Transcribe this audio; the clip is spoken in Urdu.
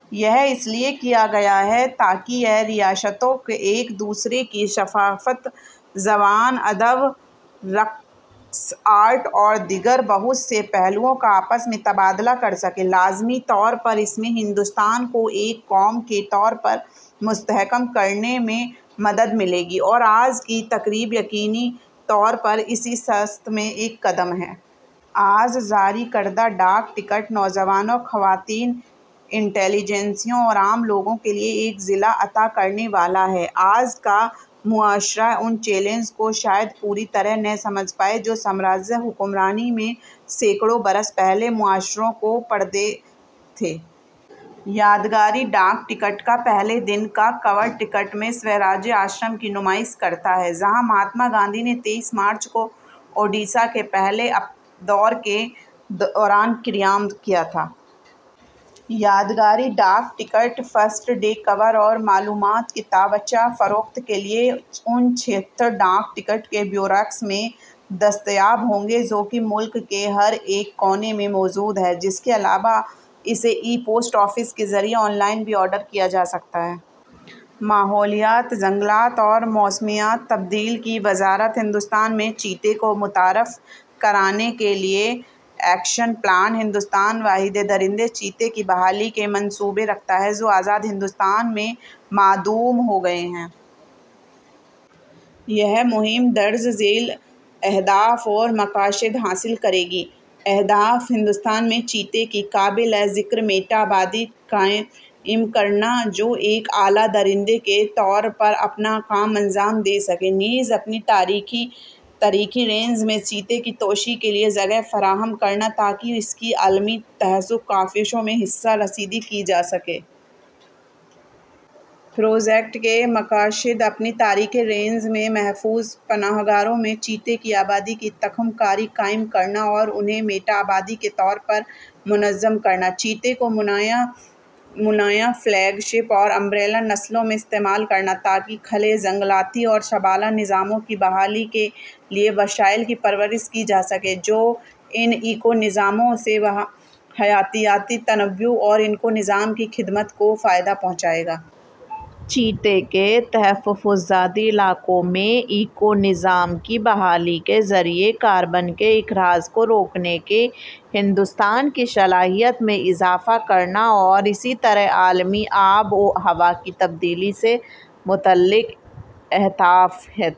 یہ اس لیے کیا گیا ہے تاکہ یہ ریاستیں ایک دوسرے کی ثقافت، زبان، ادب، رقص، آرٹ اور دیگر بہت سے پہلوؤں کا آپس میں تبادلہ کرسکیں۔ لازمی طور پر اس سے ہندوستان کو ایک قوم کے طور پر مستحکم کرنے میں مدد ملے گی اور آج کی تقریب یقینی طور پر اسی سمت میں ایک قدم ہے۔ آج جاری کردہ ڈاک ٹکٹ، نوجوانوں، خواتین، انٹلی جنسیا اور عام لوگوں کے لیے ایک جلا عطا کرنے والا ہے۔ آج کا معاشرہ اُن چیلنجوں کو شاید پوری طرح نہ سمجھ پائے، جو سامراجی حکمرانی میں سینکڑوں برس پہلے معاشرے کو درپیش تھے۔ یادگاری ڈاک ٹکٹ کا پہلے دن کا کور کٹک میں سوراج آشرم کی نمائش کرتا ہے، جہاں مہاتما گاندھی نے تئیس مارچ کو اُڈیشہ کے اپنے پہلے دورے کے دوران قیام کیا تھا۔ یادگاری ڈاک ٹکٹ، فرسٹ ڈے کور اور معلومات کتابچہ فروخت کے لیے اُن چھہتر ڈاک ٹکٹ کے بیورکس میں دستیاب ہوں گے، جو کہ ملک کے ہر کونے میں موجود ہیں۔ اس کے علاوہ اسے ای پوسٹ آفس کے ذریعے آن لائن بھی آرڈر کیا جاسکتا ہے۔ ماحولیات، جنگلات اور موسمیاتی تبدیلی کی وزارت ہندوستان میں چیتے کو متعارف کرانے کے لیے ایکشن پلان ہندوستان، واحد درندے چیتے کی بحالی کے منصوبے رکھتا ہے جو آزاد ہندوستان میں معدوم ہوگئے ہیں۔ یہ مہم درج ذیل اہداف اور مقاصد حاصل کرے گی: اہداف، ہندوستان میں چیتے کی قابل ذکر میٹا آبادی قائم کرنا، جو ایک اعلیٰ درندے کے طور پر اپنا کام انجام دے سکے، نیز اپنی تاریخی رینج میں چیتے کی توسیع کے لیے جگہ فراہم کرنا تاکہ اس کی عالمی تحفظاتی کاوشوں میں حصہ رسدی کی جاسکے۔ پروجیکٹ کے مقاصد ہیں: اپنی تاریخی رینج میں محفوظ پناہ گاہوں میں چیتے کی آبادی کی تخم کاری قائم کرنا اور انہیں میٹا آبادی کے طور پر منظم کرنا۔ چیتے کو نمایاں فلیگ شپ اور امبریلا نسلوں میں استعمال کرنا تاکہ کھلے جنگلاتی اور سونّا نظاموں کی بحالی کے لیے وسائل کی پرورش کی جاسکے، جو ان ایکو نظاموں سے حیاتیاتی تنوع اور ایکو نظام کی خدمات کو فائدہ پہنچائیں گے۔ چیتے کے تحفظاتی علاقوں میں ایکو نظام کی بحالی کے ذریعے کاربن کے اخراج کو روکنے کی ہندوستان کی صلاحیت میں اضافہ کرنا اور اس طرح عالمی آب و ہوا کی تبدیلی سے متعلق اہداف کے تئیں